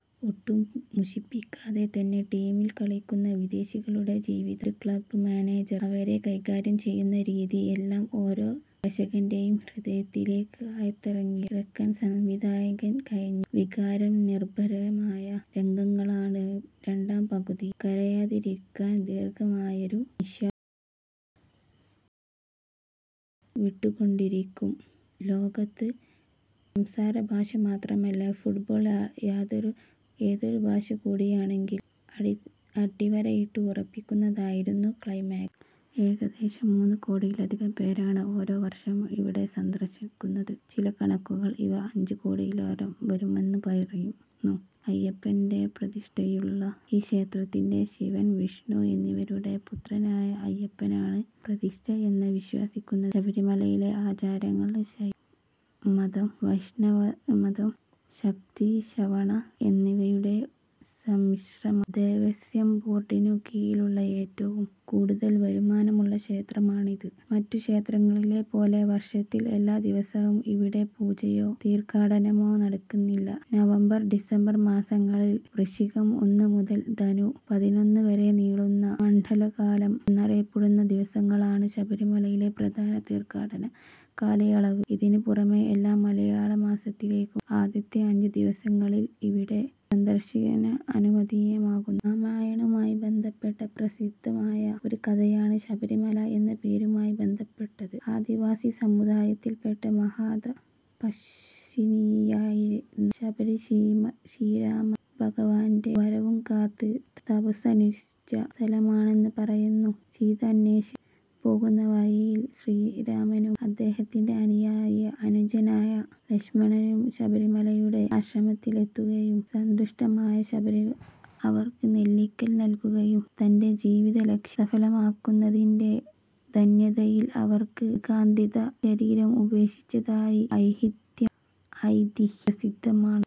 ഒട്ടും മുഷിപ്പിക്കാതെ തന്നെ. ടീമിൽ കളിക്കുന്ന വിദേശികളുടെ ജീവിതം. ഒരു ക്ലബ് മാനേജർ അവരെ കൈകാര്യം ചെയ്യുന്ന രീതി. എല്ലാം ഓരോ പ്രേക്ഷന്റേയും ഹൃദയത്തിലേക്ക് ആഴ്ത്തിയിറക്കാൻ സംവിധായകൻ കഴിഞ്ഞു. വികാര നിർഭരയമായ രംഗങ്ങളാണ് രണ്ടാം പകുതിയിൽ. കരയാതിരിക്കാൻ ദീർഘമായൊരു നിശ്വാസം പുറത്തേക്ക് വിട്ടുക്കൊണ്ടിരിക്കും. ലോകത്ത് സംസാരഭാഷ മാത്രമല്ല, ഫുട്ബോൾ എന്നൊരു ഭാഷകൂടിയുണ്ടെന്ന് അടിവരയിട്ട് ഉറപ്പിക്കുന്നതായിരുന്നു ക്ലൈമാക്സ്. ഏകദേശം മൂന്നു കോടിയിലധികം പേരാണ് ഓരോ വർഷവും ഇവിടം സന്ദർശിക്കുന്നത്. ചില കണക്കുകൾ ഇവ അഞ്ചു കോടിയോളം വരുമെന്നു പറയുന്നു. അയ്യപ്പന്റെ പ്രതിഷ്ഠയുള്ള ഈ ക്ഷേത്രത്തിൽ ശിവൻ, വിഷ്ണു എന്നിവരുടെ പുത്രനായ അയ്യപ്പനാണ് പ്രതിഷ്ഠ എന്നാണ് വിശ്വസിക്കുന്നത്. ശബരിമലയിലെ ആചാരങ്ങൾ ശൈവമതം, വൈഷ്ണവമതം, ശക്തി, ശ്രമണ എന്നിവയുടെ ഒരു സമ്മിശ്രണമാണ്. ദേവസ്വം ബോർഡിനു കീഴിൽ ഏറ്റവും കൂടുതൽ വരുമാനമുള്ള ക്ഷേത്രമാണിത്. മറ്റു ക്ഷേത്രങ്ങളിലെപ്പോലെ വർഷത്തിൽ എല്ലാ ദിവസവും ഇവിടെ പൂജയോ തീർത്ഥാടനമോ നടക്കുന്നില്ല. നവംബർ-ഡിസംബർ മാസങ്ങളിൽ, വൃശ്ചികം ഒന്നുമുതൽ ധനു പതിനൊന്നുവരെ നീളുന്ന, മണ്ഡലക്കാലം എന്നറിയപ്പെടുന്ന ദിവസങ്ങളാണ് ശബരിമലയിലെ പ്രധാന തീർത്ഥാടനകാലയളവ്. ഇതിനുപുറമേ എല്ലാ മലയാളമാസങ്ങളിലേയും ആദ്യത്തെ അഞ്ചുദിവസങ്ങളിലും ഇവിടെ സന്ദർശനമനുവദിക്കുന്നു. രാമായണവുമായി ബന്ധപ്പെട്ട പ്രസിദ്ധമായ ഒരു കഥയാണ് ശബരിമല എന്ന പേരുമായി ബന്ധപ്പെട്ടത്. ആദിവാസി സമുദായത്തിൽപ്പെട്ട മഹാതപസ്വിനിയായിരുന്ന ശബരി, ശ്രീരാമഭഗവാന്റെ വരവും കാത്ത് തപസ്സനുഷ്ഠിച്ച സ്ഥലമാണിതെന്ന് പറയപ്പെടുന്നു. സീതാന്വേഷണത്തിന് പോകുന്ന വഴിയിൽ ശ്രീരാമനും അദ്ദേഹത്തിൻറെ അനുജനായ ലക്ഷ്മണനും ശബരിയുടെ ആശ്രമത്തിലെത്തുകയും സന്തുഷ്ടയായ ശബരി അവർക്ക് നെല്ലിക്കകൾ നൽകുകയും തന്റെ ജീവിതലക്ഷ്യം സഫലമായതിന്റെ ധന്യതയിൽ അവർ യാഗാഗ്നിയിൽ ശരീരം ഉപേക്ഷിച്ചതുമായ ഐതിഹ്യം പ്രസിദ്ധമാണ്.